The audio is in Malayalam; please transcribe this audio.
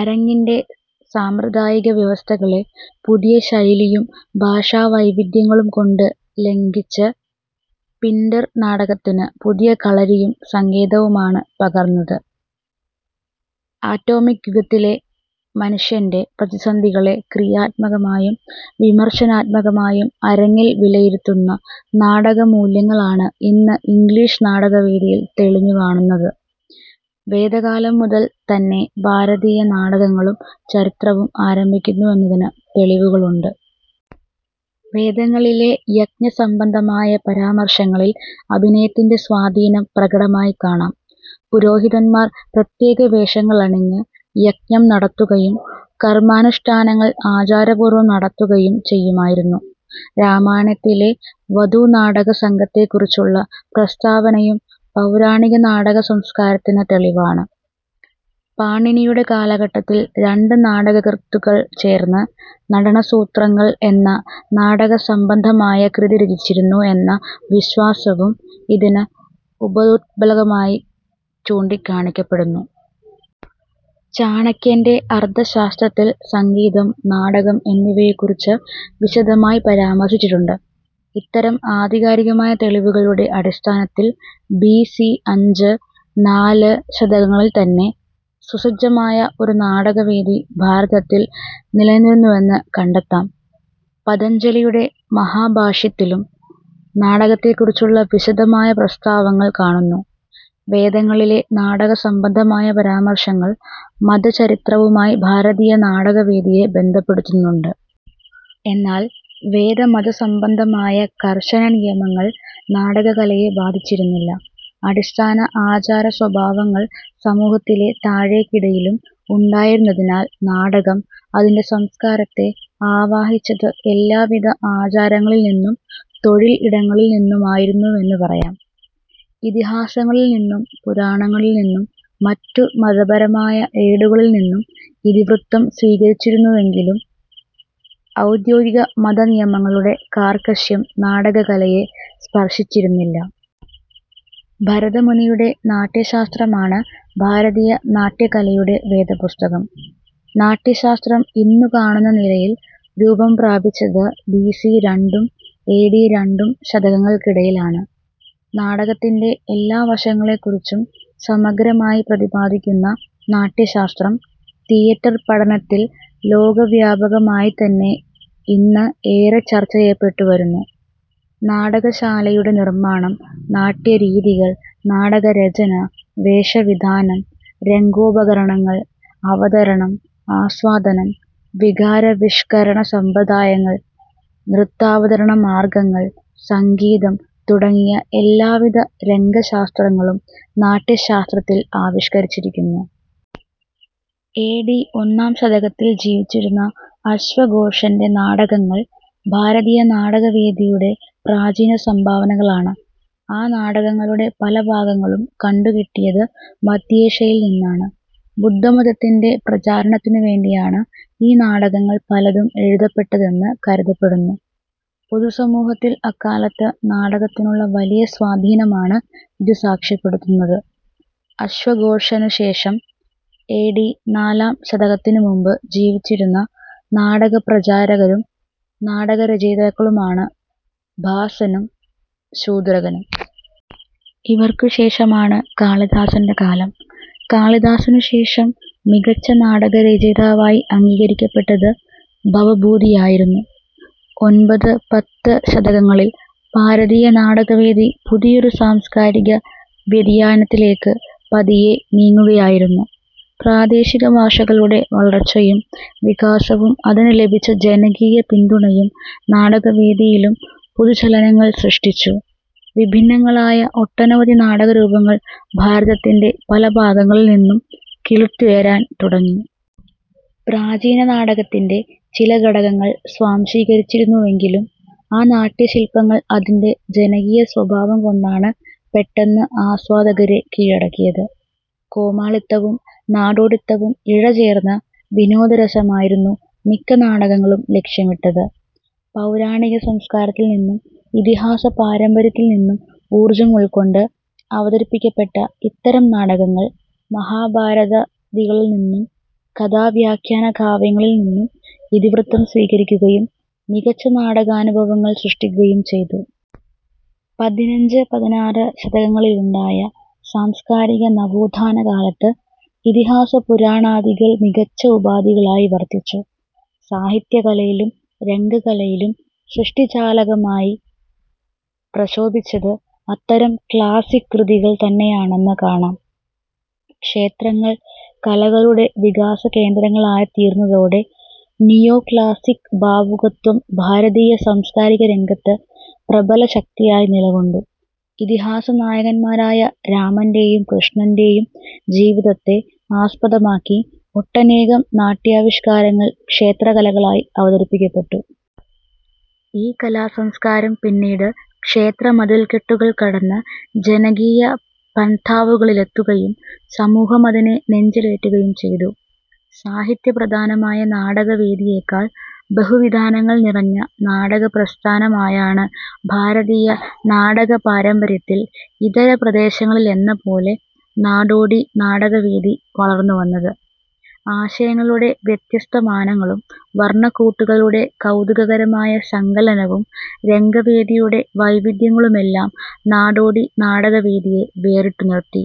അരങ്ങിൻ്റെ സാമ്പ്രദായിക വ്യവസ്ഥകളെ പുതിയ ശൈലിയും ഭാഷാവൈവിധ്യങ്ങളുംകൊണ്ട് ലംഘിച്ച പിൻ്റ ർ നാടകത്തിന് പുതിയ കളരിയും സങ്കേതവുമാണ് പകർന്നത്. ആറ്റോമിക് യുഗത്തിലെ മനുഷ്യൻ്റെ പ്രതിസന്ധികളെ ക്രിയാത്മകമായും വിമർശനാത്മകമായും അരങ്ങിൽ വിലയിരുത്തുന്ന നാടകമൂല്യങ്ങളാണ് ഇന്ന് ഇംഗ്ലീഷ് നാടകവേദിയിൽ തെളിഞ്ഞു കാണുന്നത്. വേദകാലം മുതൽ തന്നെ ഭാരതീയ നാടകങ്ങളുടെ ചരിത്രവും ആരംഭിക്കുന്നു എന്നതിന് തെളിവുകളുണ്ട്. വേദങ്ങളിലെ യജ്ഞസംബന്ധമായ പരാമർശങ്ങളിൽ അഭിനയത്തിൻ്റെ സ്വാധീനം പ്രകടമായി കാണാം. പുരോഹതിന്മാർ പ്രത്യേകവേഷങ്ങളണിഞ്ഞ് യജ്ഞം നടത്തുകയും കർമാനുഷ്ഠാനങ്ങൾ ആചാരപൂർവം നടത്തുകയും ചെയ്യുമായിരുന്നു. രാമായണത്തിലെ വധൂനാടകസംഘത്തെക്കുറിച്ചുള്ള പ്രസ്താവനയും പൗരാണിക നാടകസംസ്കാരത്തിന് തെളിവാണ്. പാണിനിയുടെ കാലഘട്ടത്തിൽ രണ്ട് നാടകകൃത്തുക്കൾ ചേർന്ന് നടനസൂത്രങ്ങൾ എന്ന നാടകസംബന്ധമായ കൃതി രചിച്ചിരുന്നു എന്ന വിശ്വാസവും ഇതിന് ഉപോദ്ബലകമായി ചൂണ്ടിക്കാണിക്കപ്പെടുന്നു. ചാണക്യൻ്റെ അർഥശാസ്ത്രത്തിൽ സംഗീതം, നാടകം എന്നിവയെക്കുറിച്ച് വിശദമായി പരാമർശിച്ചിട്ടുണ്ട്. ഇത്തരം ആധികാരികമായ തെളിവുകളുടെ അടിസ്ഥാനത്തിൽ, ബി സി അഞ്ച്, നാല് ശതകങ്ങളിൽത്തന്നെ സുസജ്ജമായ ഒരു നാടകവേദി ഭാരതത്തിൽ നിലനിന്നിരുന്നുവെന്ന് കണ്ടെത്താം. പതഞ്ജലിയുടെ മഹാഭാഷ്യത്തിലും നാടകത്തെക്കുറിച്ചുള്ള വിശദമായ പ്രസ്താവങ്ങൾ കാണുന്നു. വേദങ്ങളിലെ നാടകസംബന്ധമായ പരാമർശങ്ങൾ മതചരിത്രവുമായി ഭാരതീയ നാടകവേദിയെ ബന്ധപ്പെടുത്തുന്നുണ്ട്. എന്നാൽ വേദമതസംബന്ധമായ കർശന നിയമങ്ങൾ നാടകകലയെ ബാധിച്ചിരുന്നില്ല. അടിസ്ഥാന ആചാരസ്വഭാവങ്ങൾ സമൂഹത്തിലെ താഴേക്കിടയിലും ഉണ്ടായിരുന്നതിനാൽ നാടകം, അതിൻ്റെ സംസ്കാരത്തെ ആവാഹിച്ചത് എല്ലാവിധ ആചാരങ്ങളിൽനിന്നും തൊഴിൽ ഇടങ്ങളിൽ നിന്നുമായിരുന്നുവെന്ന് പറയാം. ഇതിഹാസങ്ങളിൽനിന്നും പുരാണങ്ങളിൽനിന്നും മറ്റു മതപരമായ ഏടുകളിൽനിന്നും ഇതിവൃത്തം സ്വീകരിച്ചിരുന്നുവെങ്കിലും ഔദ്യോഗിക മതനിയമങ്ങളുടെ കാർക്കശ്യം നാടകകലയെ സ്പർശിച്ചിരുന്നില്ല. ഭരതമുനിയുടെ നാട്യശാസ്ത്രമാണ് ഭാരതീയ നാട്യകലയുടെ വേദപുസ്തകം. നാട്യശാസ്ത്രം ഇന്നുകാണുന്നനിലയിൽ രൂപംപ്രാപിച്ചത് ബി സി രണ്ടും എ ഡി രണ്ടും ശതകങ്ങൾക്കിടയിലാണ്. നാടകത്തിൻ്റെ എല്ലാ വശങ്ങളെക്കുറിച്ചും സമഗ്രമായി പ്രതിപാദിക്കുന്ന നാട്യശാസ്ത്രം, തിയേറ്റർപഠനത്തിൽ ലോകവ്യാപകമായിത്തന്നെ ഇന്ന് ഏറെ ചർച്ചചെയ്യപ്പെട്ടുവരുന്നു. നാടകശാലയുടെ നിർമ്മാണം, നാട്യരീതികൾ, നാടകരചന, വേഷവിധാനം, രംഗോപകരണങ്ങൾ, അവതരണം, ആസ്വാദനം, വികാരാവിഷ്കരണസമ്പ്രദായങ്ങൾ, നൃത്താവതരണ മാർഗങ്ങൾ, സംഗീതം തുടങ്ങിയ എല്ലാവിധ രംഗശാസ്ത്രങ്ങളും നാട്യശാസ്ത്രത്തിൽ ആവിഷ്കരിച്ചിരിക്കുന്നു. എ ഡി ഒന്നാം ശതകത്തിൽ ജീവിച്ചിരുന്ന ആശ്വഘോഷൻ്റെ നാടകങ്ങൾ ഭാരതീയ നാടകവേദിയുടെ പ്രാചീനസംഭാവനകളാണ്. ആ നാടകങ്ങളുടെ പല ഭാഗങ്ങളും കണ്ടുകിട്ടിയത് മധ്യേഷ്യയിൽ നിന്നാണ്. ബുദ്ധമതത്തിൻ്റെ പ്രചാരണത്തിനുവേണ്ടിയാണ് ഈ നാടകങ്ങൾ പലതും എഴുതപ്പെട്ടതെന്ന് കരുതപ്പെടുന്നു. പൊതുസമൂഹത്തിൽ അക്കാലത്ത് നാടകത്തിനുള്ള വലിയ സ്വാധീനമാണ് ഇത് സാക്ഷ്യപ്പെടുത്തുന്നത്. അശ്വഘോഷനുശേഷം, എ ഡി നാലാം ശതകത്തിനുമുമ്പു ജീവിച്ചിരുന്ന നാടകപ്രചാരകരും നാടകരചയിതാക്കളുമാണ് ഭാസനും ശൂദ്രകനും. ഇവർക്കുശേഷമാണ് കാളിദാസൻ്റെ കാലം. കാളിദാസനുശേഷം മികച്ച നാടകരചയിതാവായി അംഗീകരിക്കപ്പെട്ടത് ഭവഭൂതിയായിരുന്നു. ഒൻപത്-പത്ത് ശതകങ്ങളിൽ ഭാരതീയ നാടകവേദി പുതിയൊരു സാംസ്കാരിക വ്യതിയാനത്തിലേക്ക് പതിയെ നീങ്ങുകയായിരുന്നു. പ്രാദേശികഭാഷകളുടെ വളർച്ചയും വികാസവും അതിന് ലഭിച്ച ജനകീയ പിന്തുണയും നാടകവേദിയിലും പുതുചലനങ്ങൾ സൃഷ്ടിച്ചു. വിഭിന്നങ്ങളായ ഒട്ടനവധി നാടകരൂപങ്ങൾ ഭാരതത്തിൻ്റെ പല ഭാഗങ്ങളിൽനിന്നും കിളിർത്തുയരാൻ തുടങ്ങി. പ്രാചീന നാടകത്തിൻ്റെ ചില ഘടകങ്ങൾ സ്വാംശീകരിച്ചിരുന്നുവെങ്കിലും ആ നാട്യശില്പങ്ങൾ അതിൻ്റെ ജനകീയസ്വഭാവംകൊണ്ടാണ് പെട്ടെന്ന് ആസ്വാദകരെ കീഴടക്കിയത്. കോമാളിത്തവും നാടോടിത്തവും ഇഴചേർന്ന വിനോദരസമായിരുന്നു മിക്ക നാടകങ്ങളും ലക്ഷ്യമിട്ടത്. പൗരാണിക സംസ്കാരത്തിൽനിന്നും ഇതിഹാസപാരമ്പര്യത്തിൽനിന്നും ഊർജ്ജം ഉൾക്കൊണ്ട് അവതരിപ്പിക്കപ്പെട്ട ഇത്തരം നാടകങ്ങൾ മഹാഭാരതാദികളിൽനിന്നും കഥാവ്യാഖ്യാനകാവ്യങ്ങളിൽനിന്നും ഇതിവൃത്തം സ്വീകരിക്കുകയും മികച്ച നാടകാനുഭവങ്ങൾ സൃഷ്ടിക്കുകയും ചെയ്തു. പതിനഞ്ച്, പതിനാറ് ശതകങ്ങളിലുണ്ടായ സാംസ്കാരിക നവോത്ഥാന കാലത്ത് ഇതിഹാസപുരാണാദികൾ മികച്ച ഉപാധികളായി വർത്തിച്ചു. സാഹിത്യകലയിലും രംഗകലയിലും സൃഷ്ടിചാലകമായി പ്രശോഭിച്ചത് അത്തരം ക്ലാസ്സിക് കൃതികൾ തന്നെയാണെന്ന് കാണാം. ക്ഷേത്രങ്ങൾ കലകളുടെ വികാസകേന്ദ്രങ്ങളായിത്തീർന്നതോടെ നിയോക്ലാസ്സിക് ഭാവുകത്വം ഭാരതീയ സാംസ്കാരികരംഗത്ത് പ്രബലശക്തിയായി നിലകൊണ്ടു. ഇതിഹാസ നായകന്മാരായ രാമൻ്റെയും കൃഷ്ണൻ്റെയും ജീവിതത്തെ ആസ്പദമാക്കി ഒട്ടനേകം നാട്യാവിഷ്കാരങ്ങൾ ക്ഷേത്രകലകളായി അവതരിപ്പിക്കപ്പെട്ടു. ഈ കലാസംസ്കാരം പിന്നീട് ക്ഷേത്രമതിൽക്കെട്ടുകൾ കടന്ന് ജനകീയ പന്ഥാവുകളിലെത്തുകയും സമൂഹം അതിനെ നെഞ്ചിലേറ്റുകയും ചെയ്തു. സാഹിത്യപ്രധാനമായ നാടകവേദിയേക്കാൾ ബഹുവിതാനങ്ങൾ നിറഞ്ഞ നാടകപ്രസ്ഥാനമായാണ് ഭാരതീയ നാടകപാരമ്പര്യത്തിൽ ഇതര പ്രദേശങ്ങളിലെന്നപോലെ നാടോടി നാടകവേദി വളർന്നുവന്നത്. ആശയങ്ങളുടെ വ്യത്യസ്തമാനങ്ങളും വർണക്കൂട്ടുകളുടെ കൗതുകകരമായ സങ്കലനവും രംഗവേദിയുടെ വൈവിധ്യങ്ങളുമെല്ലാം നാടോടി നാടകവേദിയെ വേറിട്ടുനിർത്തി.